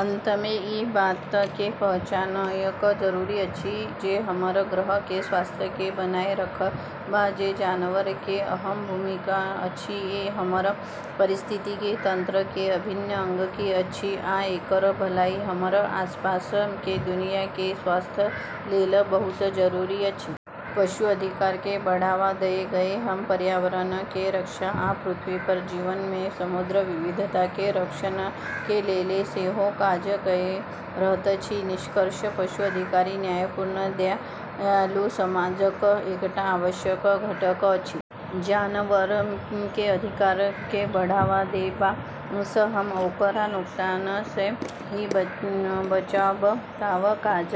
अंत मे ई बात के पहचाननाय जरूरी अछि जे हमर ग्रह के स्वास्थ्य के बनाए रखबा मे जानवर के अहम भूमिका अछि। ई हमर पारिस्थितिकी तंत्र के अभिन्न अंग अछि, आ एकर भलाई हमर आसपास के दुनिया के स्वास्थ्य लेल बहुत जरूरी अछि। पशु अधिकार के बढ़ावा दए कए हम पर्यावरण के रक्षा आ पृथ्वी पर जीवन के समृद्ध विविधता के संरक्षण के लेल सेहो काज कए रहल छी। निष्कर्षतः पशु अधिकार न्यायपूर्ण आ दयालु समाजक एकटा आवश्यक घटक अछि। जानवर के अधिकार के बढ़ावा देबा सँ हम ओकरा नुकसान सँ ही बचाबबाक काज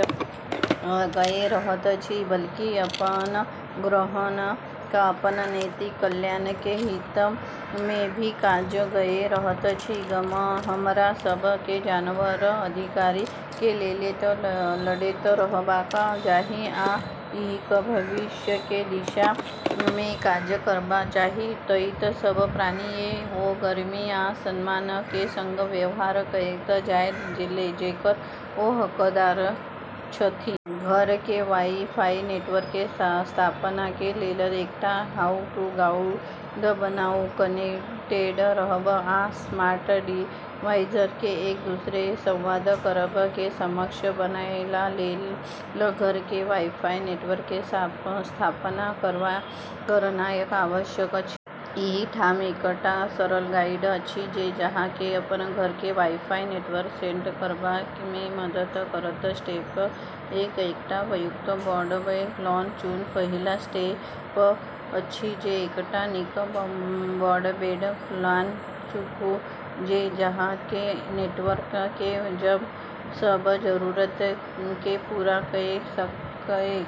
कए रहल छी, बल्कि अपन ग्रह आ अपन नैतिक कल्याण के हित मे भी काज कए रहल छी। हमरा सब के जानवर के अधिकार के लेल लड़ैत रहबाक चाही आ एहन भविष्य के दिशा मे काज करबाक चाही जतय सब प्राणी के ओ गरिमा आ सम्मान के संग व्यवहार कएल जाय जेकर ओ हकदार छथि। घर के वाई-फाई नेटवर्क के स्थापना के लेल एकटा हाउ-टू गाइड बनाऊ। कनेक्टेड रहब आ स्मार्ट डिवाइस के एक दोसर सँ संवाद करब मे सक्षम बनाएबा लेल घर के वाई-फाई नेटवर्क के स्थापना करनाय आवश्यक अछि। एहि ठाम एकटा सरल गाइड अछि जे अहाँ के अपन घर के वाई-फाई नेटवर्क सेट करबा मे मदद करत। स्टेप एक एकटा उपयुक्त ब्रॉडबैंड प्लान चुनू। पहिल स्टेप अछि जे एकटा नीक ब्रॉडबैंड प्लान चुनू जे अहाँ के इंटरनेट के सब जरूरत के पूरा कए सकए।